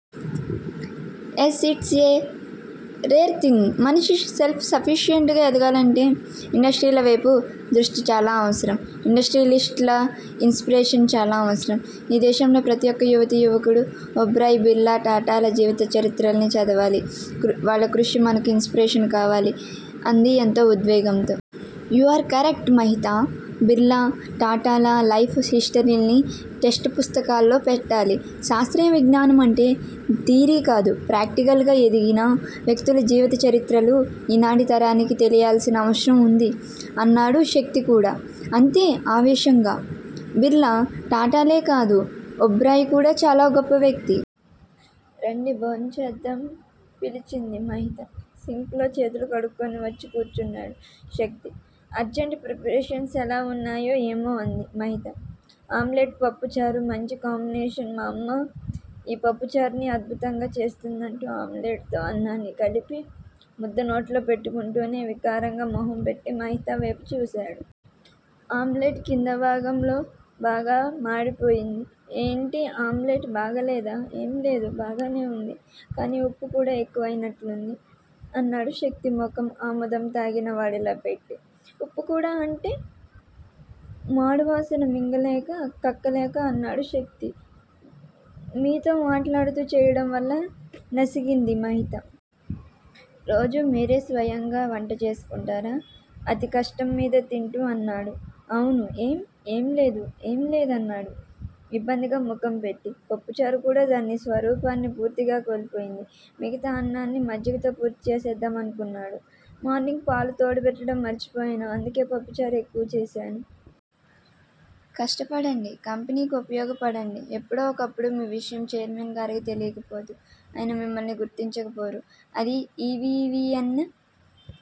Yes it's a rare thing మనిషి self sufficient గా ఎదగాలంటే, ఇండస్ట్రీల వేపు దృష్టి చాలా అవసరం ఇండస్ట్రీయలిస్ట్ ల ఇన్ స్పిరేషన్ చాలా అవసరం. ఈ దేశంలో ప్రతి ఒక్క యువతి, యువకుడూ ఓబ్రాయ్, బిర్లా, టాటాల జీవిత చరిత్రల్ని చదవాలి వాళ్ళ కృషి మనకు ఇన్ స్పిరేషన్ కావాలి అంది ఎంతో ఉద్వేగంతో. You are correct Mahita Birla, టాటాల లైఫ్ హిస్టరీల్ని టెస్టు పుస్తకాల్లో పెట్టాలి శాస్త్రీయ విజ్ఞానమంటే, థీరీకాదు ప్రాక్టీకల్ గా ఎదిగిన వ్యక్తుల జీవిత చరిత్రలు, ఈనాటి తరానికి తెలియాల్సిన అవసరం వుంది అన్నాడు శక్తి కూడా అంతే ఆవేశంగా. బిర్లా, టాటాలే కాదు, ఓబ్రాయ్ కూడా చాలా గొప్ప వ్యక్తి. రండి భోంచేద్దాం పిలిచింది మహిత. సింక్ లో చేతులు కడుక్కొని వచ్చి కూర్చున్నాడు శక్తి. అర్జంట్ ప్రిపరేషన్స్ ఎలా వున్నాయో ఏమో అంది మహిత. ఆమ్లెట్ పప్పుచారు మంచి కాంబినేషన్ మా అమ్మ ఈ పప్పుచారుని అద్భుతంగా చేస్తుంది అంటూ ఆమ్లెట్ తో అన్నాన్ని కలిపి, ముద్ద నోట్లో పెట్టుకుంటూనే వికారంగా మొహం పెట్టి మహిత వేపు చూసాడు. ఆమ్లెట్ కింద భాగంలో బాగా మాడిపోయింది. ఏంటి ఆమ్లెట్ బాగాలేదా ఏంలేదు- బాగానేవుంది- కానీ ఉప్పు కూడా ఎక్కువైనట్లుంది అన్నాడు శక్తి మొఖం ఆముదం తాగిన వాడిలా పెట్టి. ఉప్పు కూడా అంటే? మాడువాసన మింగలేక, కక్కలేక అన్నాడు శక్తి. మీతో మాట్లాడుతూ చేయడంవల్ల నసిగింది మహిత. రోజూ మీరే స్వయంగా వంట చేసుకుంటారా అతి కష్టమ్మీద తింటూ అన్నాడు. అవును ఏం? ఏం లేదు ఏం లేదు అన్నాడు ఇబ్బందిగా మొఖం పెట్టి. పప్పుచారు కూడా దాని స్వరూపాన్ని పూర్తిగా కోల్పోయింది. మిగతా అన్నాన్ని మజ్జిగతో పూర్తి చేసేద్దామనుకున్నాడు. మార్నింగ్ పాలు తోడుబెట్టడం మర్చిపోయాను అందుకే పప్పుచారు ఎక్కువ చేసాను. కష్టపడండి. కంపెనీకి ఉపయోగపడండి ఎప్పుడో ఒకప్పుడు మీ విషయం ఛైర్మన్ గారికి తెలీయకపోదు. ఆయన మిమ్మల్ని గుర్తించకపోరు అది ఈ వి. వి. ఎన్